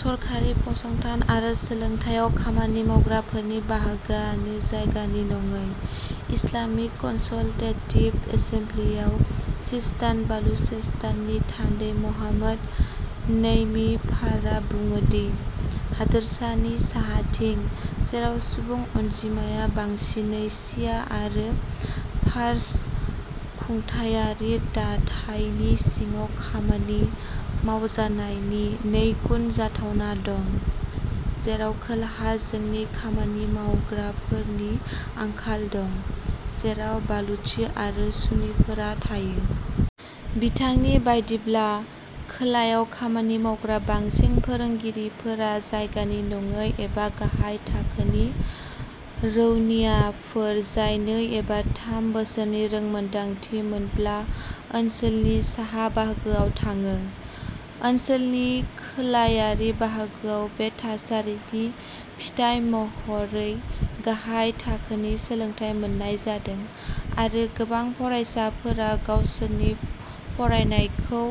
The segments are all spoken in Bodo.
सरखारि फसंथान आरो सोलोंथाइयाव खामानि मावग्राफोरनि बाहागोआनो जायगानि नङै। इस्लामिक कनसालटेटिभ एसेमब्लिआव सिस्तान बालुचेस्ताननि थान्दै महम्मद नैमि फारआ बुङोदि, हादरसानि साहाथिं, जेराव सुबुं अनजिमाया बांसिनै शिया आरो फारस, खुंथायारि दाथायनि सिङाव खामानि मावजानायनि नैगुन जाथावना दं, जेराव खोलाहा जोंनि खामानि मावग्राफोरनि आंखाल दं, जेराव बालुचि आरो सुन्निफोरा थायो। बिथांनि बायदिब्ला, खोलायाव खामानि मावग्रा बांसिन फोरोंगिरिफोरा जायगानि नङै एबा गाहाय थाखोनि रौनियाफोर जाय नै एबा थाम बोसोरनि रोंमोन्दांथि मोनोब्ला ओनसोलनि साहा बाहागोआव थाङो। ओनसोलनि खोलायारि बाहागोआव बे थासारिनि फिथाइ महरै गाहाय थाखोनि सोलोंथाय मोननाय जादों, आरो गोबां फरायसाफोरा गावसोरनि फरायनायखौ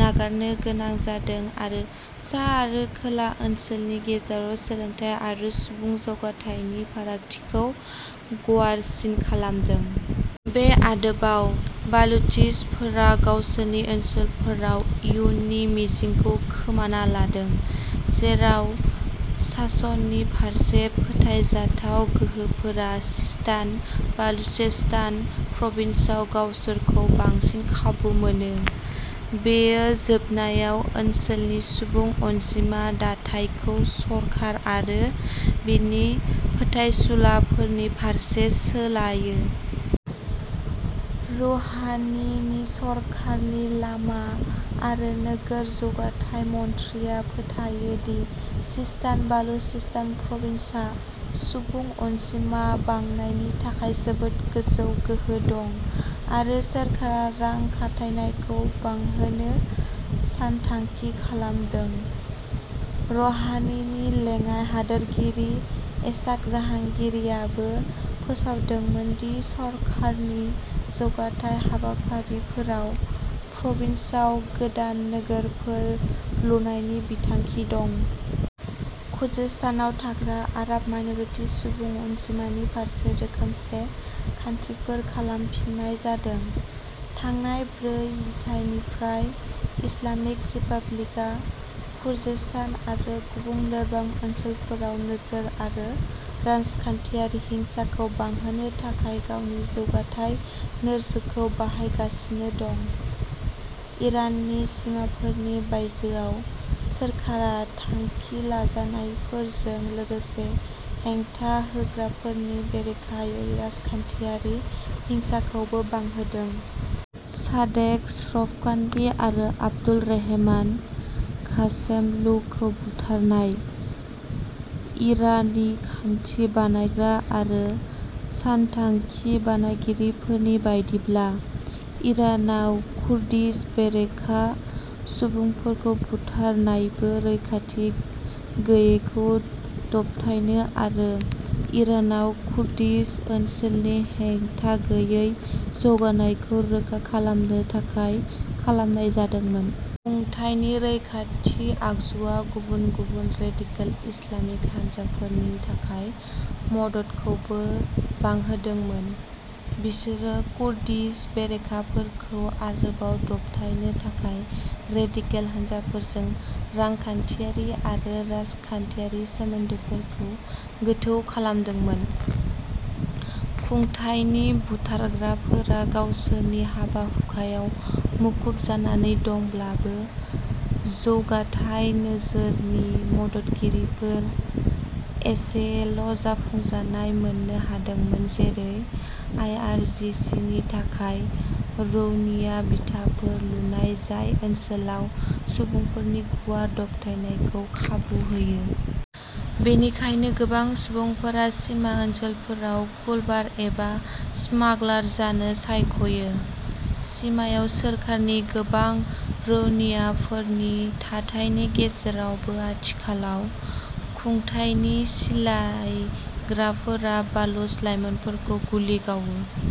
नागारनो गोनां जादों आरो सा आरो खोला ओनसोलफोरनि गेजेराव सोलोंथाय आरो सुबुं जौगाथायनि फारागथिखौ गुवारसिन खालामदों। बे आदबाव, बालुचिसफोरा गावसोरनि ओनसोलफोराव इयुननि मिजिंखौ खोमाना लादों, जेराव सासननि फारसे फोथायजाथाव गोहोफोरा सिस्तान बालुचेस्तान प्रभिन्सआव गावसोरखौ बांसिन खाबु मोनो। बेयो जोबनायाव ओनसोलनि सुबुं अनजिमा दाथायखौ सरखार आरो बिनि फोथायसुलाफोरनि फारसे सोलायो। रौहानीनि सरखारनि लामा आरो नोगोर जौगाथाय मन्थ्रिआ फोथायो दि सिस्तान बालुचेस्तान प्रभिन्सहा सुबुं अनजिमा बांनायनि थाखाय जोबोद गोजौ गोहो दं, आरो सरखारा रां खाथायनायखौ बांहोनो सानथांखि खालामदों। रहानीनि लेङाइ हादोरगिरि एसाग जाहांगिरीआबो फोसावदोंमोन दि सरखारि जौगाथाय हाबाफारिफोराव प्रभिन्सआव गोदान नोगोरफोर लुनायनि बिथांखि दं। खुजेस्तानआव थाग्रा आरब माइन'रिटि सुबुं अनजिमानि फारसे रोखोमसे खान्थिफोरखौ खालामफिननाय जादों। थांनाय ब्रै जिथाइनिफ्राय, इस्लामिक रिपाब्लिकआ कुर्दिस्तान आरो गुबुन लोरबां ओनसोलफोराव नोजोर आरो राजखान्थियारि हिंसाखौ बांहोनो थाखाय गावनि जौगाथाय नोजोरखौ बाहायगासिनो दं। इराननि सिमाफोरनि बायजोआव, सरखारा थांखि लाजानायफोरजों लोगोसे हेंथा होग्राफोरनि बेरेखायै राजखान्थियारि हिंसाखौबो बांहोदोंमोन। सादेक श्रफकान्दि आरो आब्दुल रेहमान घासेमलुखौ बुथारनाय। इरानि खान्थि बानायग्रा आरो सानथांखि बानायगिरिफोरनि बायदिब्ला, इरानाव कुर्दिश बेरेखा सुबुंफोरखौ बुथारनायबो रैखाथि गैयैखौ दबथायनो आरो इरानाव कुर्दिश ओनसोलनि हेंथागैयै जौगानायखौ रोखा खालामनो थाखाय खालामनाय जादोंमोन। खुंथायनि रैखाथि आगजुआ गुबुन गुबुन रेदिकेल इस्लामिक हानजाफोरनि थाखाय मददखौबो बांहोदोंमोन। बिसोरो कुर्दिश बेरेखाफोरखौ आरोबाव दबथायनो थाखाय रेदिकेल हानजाफोरजों रांखान्थियारि आरो राजखान्थियारि सोमोन्दोफोरखौ गोथौ खालामदोंमोन। खुंथायनि बुथारग्राफोरा गावसोरनि हाबा हुखायाव मुखुब जानानै दंब्लाबो जौगाथाय नोजोरनि मददगिरिफोर एसेल'जाफुंसारनाय मोननो हादोंमोन जेरै आइ आर जिसि नि थाखाय रौनिया बिथाफोर लुनाय जाय ओनसोलाव सुबुंफोरनि गुवार दबथायनायखौ खाबु होयो। बेनिखायनो गोबां सुबुंफोरा सिमा ओनसोलफोराव कुलबार एबा स्मागलार जानो सायख'यो, सिमायाव सोरखारनि गोबां रौनियाफोरनि थाथायनि गेजेरावबो आथिखालाव, खुंथायनि सिलायग्राफोरा बालुच लाइमोनफोरखौ गुलि गावो।